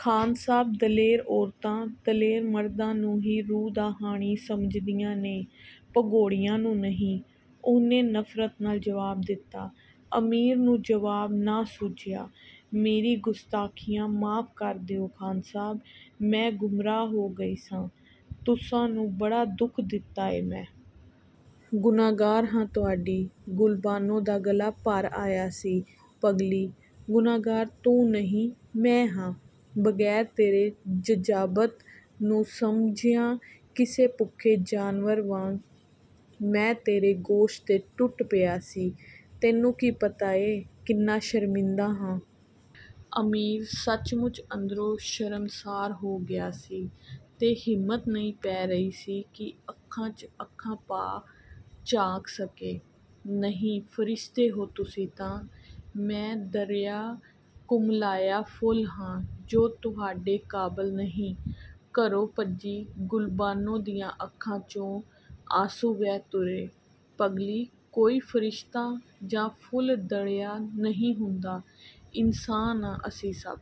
"ਖ਼ਾਨ ਸਾਹਬ ਦਲੇਰ ਔਰਤਾ, ਦਲੇਰ ਮਰਦਾ ਨੂੰ ਹੀ ਰੂਹ ਦਾ ਹਾਣੀ ਸਮਝਦੀਆਂ ਨੇ ਭਗੋੜਿਆਂ ਨੂੰ ਨਹੀਂ "… ਉਹਨੇ ਨਫਰਤ ਨਾਲ ਜਵਾਬ ਦਿਤਾ….. ਅਮੀਰ ਨੂੰ ਜੁਵਾਬ ਨਾ ਸੁੱਝਿਆ। "ਮੇਰੀਆਂ ਗੁਸਤਾਖ਼ੀਆਂ ਮਾਫ਼ ਕਰ ਦਿਉ ਖਾਨ ਸਾਹਬ… ਮੈਂ ਗੁੰਮਰਾਹ ਹੋ ਗਈ ਸਾਂ… ਤੁਸਾਂ ਨੂੰ ਬੜਾ ਦੁੱਖ ਦਿਤਾ ਏ ਮੈਂ। ਗੁਨਾਹਗਾਰ ਹਾਂ ਤੁਹਾਡੀ"…. ਗੁਲਬਾਨੋ ਦਾ ਗਲਾ ਭਰ ਆੲਆ ਸੀ। "ਪਗਲੀ"… ਗੁਨਾਹਗਾਰ ਤੂੰ ਨਹੀਂ ਮੈਂ ਹਾਂ। ਬਗੈਰ ਤੇਰੇ ਜਜ਼ਾਬਤ ਨੂੰ ਸਮਝਿਆਂ ਕਿਸੇ ਭੁੱਖੇ ਜਾਨਵਰ ਵਾਂਗ ਮੈਂ ਤੇਰੇ ਗੋਸ਼ਤ 'ਤੇ ਟੁੱਟ ਪਿਆ ਸੀ.. ਤੈਨੂੰ ਕੀ ਪਤਾ ਏਂ ਕਿੰਨਾ ਸ਼ਰਮਿੰਦਾਂ ਹਾਂ। ਅਮੀਰ ਸੱਚਮੁੱਚ ਅੰਦਰੋਂ ਸ਼ਰਮਸਾਰ ਹੋ ਗਿਆ ਸੀ ਤੇ ਹਿੰਮਤ ਨਹੀ ਪੈ ਰਹੀ ਸੀ ਕਿ ਅੱਖਾਂ, ਚ' ਅੱਖਾ ਪਾ ਝਾਕ ਸਕੇ। "ਨਹੀਂ.. ਫਰਿਸ਼ਤੇ ਹੋ ਤੁਸੀ ਤਾਂ.. ਮੈਂ ਦਰਿਆ, ਕੁਮਲਾਇਆ ਫੁੱਲ ਹਾਂ ਜੋ ਤੁਹਾਡੇ ਕਾਬਲ ਨਹੀ, ਘਰੋ ਭੱਜੀ"ਗੁਲਬਾਨੋ ਦੀਆਂ ਅੱਖਾਂ, ਚੋਂ 'ਆਂਸੂ ਵਹਿ ਤੁਰੇ… "ਪਗਲੀ ਕੋਈ ਫਰਿਸ਼ਤਾ ਜਾਂ ਫੁੱਲ ਦ੍ਰੜਿਆ ਨਹੀ ਹੁੰਦਾਂ, ਇਨਸਾਨ ਹਾਂ ਅਸੀ ਸੱਭ..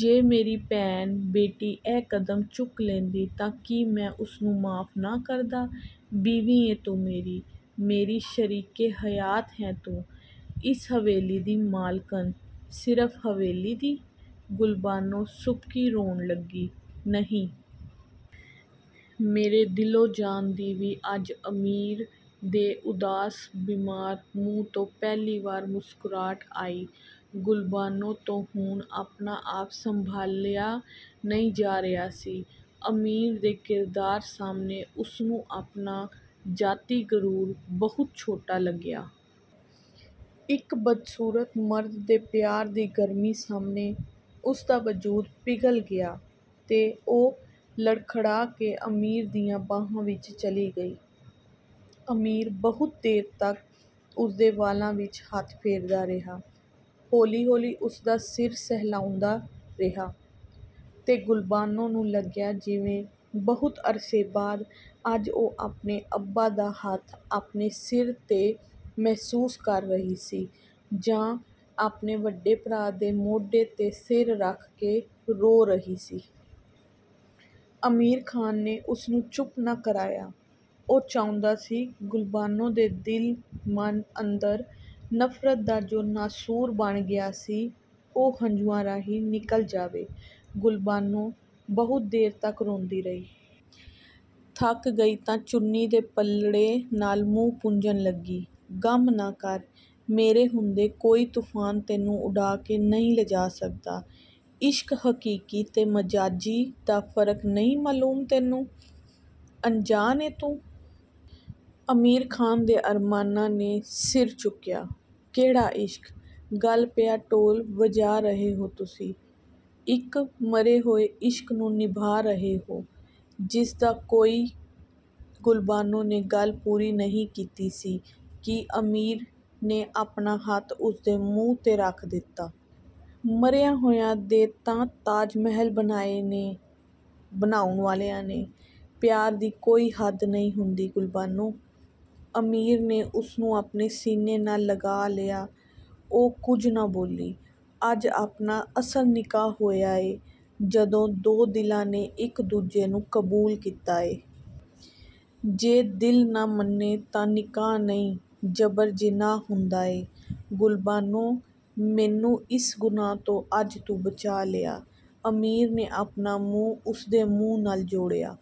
ਜੇ ਮੇਰੀ ਭੈਣ-ਬੇਟੀ ਇਹ ਕਦਮ ਚੁੱਕ ਲੈਂਦੀ ਤਾਂ ਕੀ ਮੈਂ ਉਸਨੂੰ ਮਾਫ਼ ਨਾ ਕਰਦਾ! ਬੀਵੀ ਏਂ ਤੂੰ ਮੇਰੀ.. ਮੇਰੀ ਸ਼ਰੀਕੇ ਹਯਾਤ ਹੈ ਤੂੰ.. ਇਸ ਹਵੇਲੀ ਦੀ ਮਾਲਕਣ" "ਸਿਰਫ ਹਵੇਲੀ ਦੀ".. ਗੁਲਬਾਨੋ ਸੁਬਕੀ ਰੋਣ ਲੱਗੀ… "ਨਹੀ.. ਮੇਰੇ ਦਿਲੋਂ ਜਾਨ ਦੀ ਵੀ"ਅੱਜ ਅਮੀਰ ਦੇ ਉਦਾਸ, ਬੀਮਾਰ ਮੂੰਹ ਤੋਂ ਪਹਿਲੀ ਵਾਰ ਮੁਸਕ੍ਰਾਹਟ ਆਈ। ਗੁਲਬਾਨੋ ਤੋਂ ਹੁਣ ਆਪਣਾ ਆਪ ਸੰਭਾਲਿਆ ਨਹੀ ਜਾ ਰਿਹਾ ਸੀ। ਅਮੀਰ ਦੇ ਕਿਰਦਾਰ ਸਾਹਮਣੇ ਉਸਨੂੰ ਆਪਣਾ ਜਾਤੀ ਗਰੂਰ ਬਹੁਤ ਛੋਟਾ ਲੱਗਿਆ। ਇਕ ਬਦਸੂਰਤ ਮਰਦ ਦੇ ਪਿਆਰ ਦੀ ਗਰਮੀ ਸਾਹਮਣੇ ਉਸਦਾ ਵਜੂਦ ਪਿਘਲ ਗਿਆ ਤੇ ਉਹ ਲੜਖੜਾ ਕੇ ਅਮੀਰ ਦੀਆਂ ਬਾਹਾਂ ਵਿੱਚ ਚਲੀ ਗਈ। ਅਮੀਰ ਬਹੁਤ ਦੇਰ ਤੱਕ ਉਸਦੇ ਵਾਲਾਂ ਵਿੱਚ ਹੱਥ ਫੇਰਦਾ ਰਿਹਾ। ਹੌਲੀ ਹੌਲੀ ਉਸਦਾ ਦਾ ਸਿਰ ਸਹਿਲਾਓਦਾਂ ਰਿਹਾ ਤੇ ਗੁਲਬਾਨੋ ਨੂੰ ਲੱਗਿਆ ਜਿਵੇਂ ਬਹੁਤ ਅਰਸੇ ਬਾਅਦ ਅੱਜ ਉਹ ਆਪਣੇ ਅੱਬਾ ਦਾ ਹੱਥ ਆਪਣੇ ਸਿਰ 'ਤੇ ਮਹਿਸੂਸ ਕਰ ਰਹੀ ਸੀ ਜਾਂ ਆਪਣੇ ਵੱਡੇ ਭਰਾ ਦੇ ਮੋਢੇ 'ਤੇ ਸਿਰ ਰੱਖ ਕੇ ਰੋ ਰਹੀ ਸੀ। ਅਮੀਰ ਖਾਨ ਨੇ ਉਸ ਨੂੰ ਚੁੱਪ ਨਾ ਕਰਾਇਆ। ਉਹ ਚਾਹੁੰਦਾ ਸੀ ਗੁਲਬਾਨੋ ਦੇ ਦਿਲ-ਮਨ ਅੰਦਰ ਨਫਰਤ ਦਾ ਜੋ ਨਾਸੂਰ ਬਣ ਗਿਆ ਸੀ, ਉਹ ਹੰਝੂਆਂ ਰਾਹੀ ਨਿਕਲ ਜਾਵੇ। ਗੁਲਬਾਨੋ ਬਹੁਤ ਦੇਰ ਤੱਕ ਰੋਂਦੀ ਰਹੀ। ਥੱਕ ਗਈ ਤਾਂ ਚੁੰਨੀ ਦੇ ਪਲੜੇ ਨਾਲ ਮੂੰਹ ਪੂੰਝਣ ਲੱਗੀ…। "ਗਮ ਨਾ ਕਰ "… ਮੇਰੇ ਹੁੰਦੇ ਕੋਈ ਤੂਫਾਨ ਤੈਨੂੰ ਉਡਾ ਕੇ ਨਹੀ ਲਿਜਾ ਸਕਦਾ।….. "ਇਸ਼ਕ ਹਕੀਕੀ ਤੇ ਮਾਜਾਜੀ ਦਾ ਫਰਕ ਨਹੀਂ ਮਲੂਮ ਤੈਨੂੰ… ਅਨਜਾਨ ਏਂ ਤੂੰ "..! ਅਮੀਰ ਖਾਨ ਦੇ ਅਰਮਾਨਾਂ ਨੇ ਸਿਰ ਚੁਕਿਆ। "ਕਿਹੜਾ ਇਸ਼ਕ"…! ਗਲ ਪਿਆ ਢੋਲ ਵਜਾ ਰਹੇ ਹੋਂ ਤੁਸੀ। ਇਕ ਮਰੇ ਹੋਏ ਇਸ਼ਕ ਨੂੰ ਨਿਭਾ ਰਹੇ ਹੋ….. ਜਿਸ ਦਾ ਕੋਈ…!! ਗੁਲਬਾਨੋ ਨੇ ਗੱਲ ਪੂਰੀ ਨਹੀਂ ਕਤੀ ਸੀ ਕਿ ਅਮੀਰ ਨੇ ਆਪਣਾ ਹੱਥ ਉਸ ਦੇ ਮੂੰਹ ਤੇ ਰੱਖ ਦਿਤਾ…..। "ਮਰਿਆਂ ਹੋਇਆਂ ਦੇ 'ਤਾਂ ਤਾਜਮਹਿਲ ਬਣਾਏ ਨੇ… ਬਣਾਉਣ ਵਾਲਿਆਂ ਨੇ…. ਪਿਆਰ ਦੀ ਕੋਈ ਹੱਦ ਨਹੀ ਹੁੰਦੀ ਗੁਲਬਾਨੋ "…. ਅਮੀਰ ਨੇ ਉਸਨੂੰ ਆਪਣੇ ਸੀਨੇ ਨਾਲ ਲਗਾ ਲਿਆ, ਉਹ ਕੁਝ ਨਾ ਬੋਲੀ। "ਅੱਜ ਆਪਣਾ ਅਸਲ ਨਿਕਾਹ ਹੋਇਆ ਏਂ ਜਦੋਂ ਦੋ ਦਿਲਾਂ ਨੇ ਇੱਕ ਦੂਜੇ ਨੂੰ ਕਬੂਲ ਕੀਤਾ ਏਂ। ਜੇ ਦਿਲ ਨਾ ਮੰਨੇ ਤਾਂ ਨਿਕਾਹ ਨਹੀ ਜਬਰਜਿਨਾਹ ਹੁੰਦਾਂ ਏਂ। ਗੁਲਬਾਨੋ ਮੈਨੂੰ ਇਸ ਗੁਨਾਹ ਤੋਂ ਅੱਜ ਤੂੰ ਬਚਾ ਲਿਆ …। ਅਮੀਰ ਨੇ ਆਪਣਾ ਮੂੰਹ ਉਸਦੇ ਮੂੰਹ ਨਾਲ ਜੋੜਿਆ।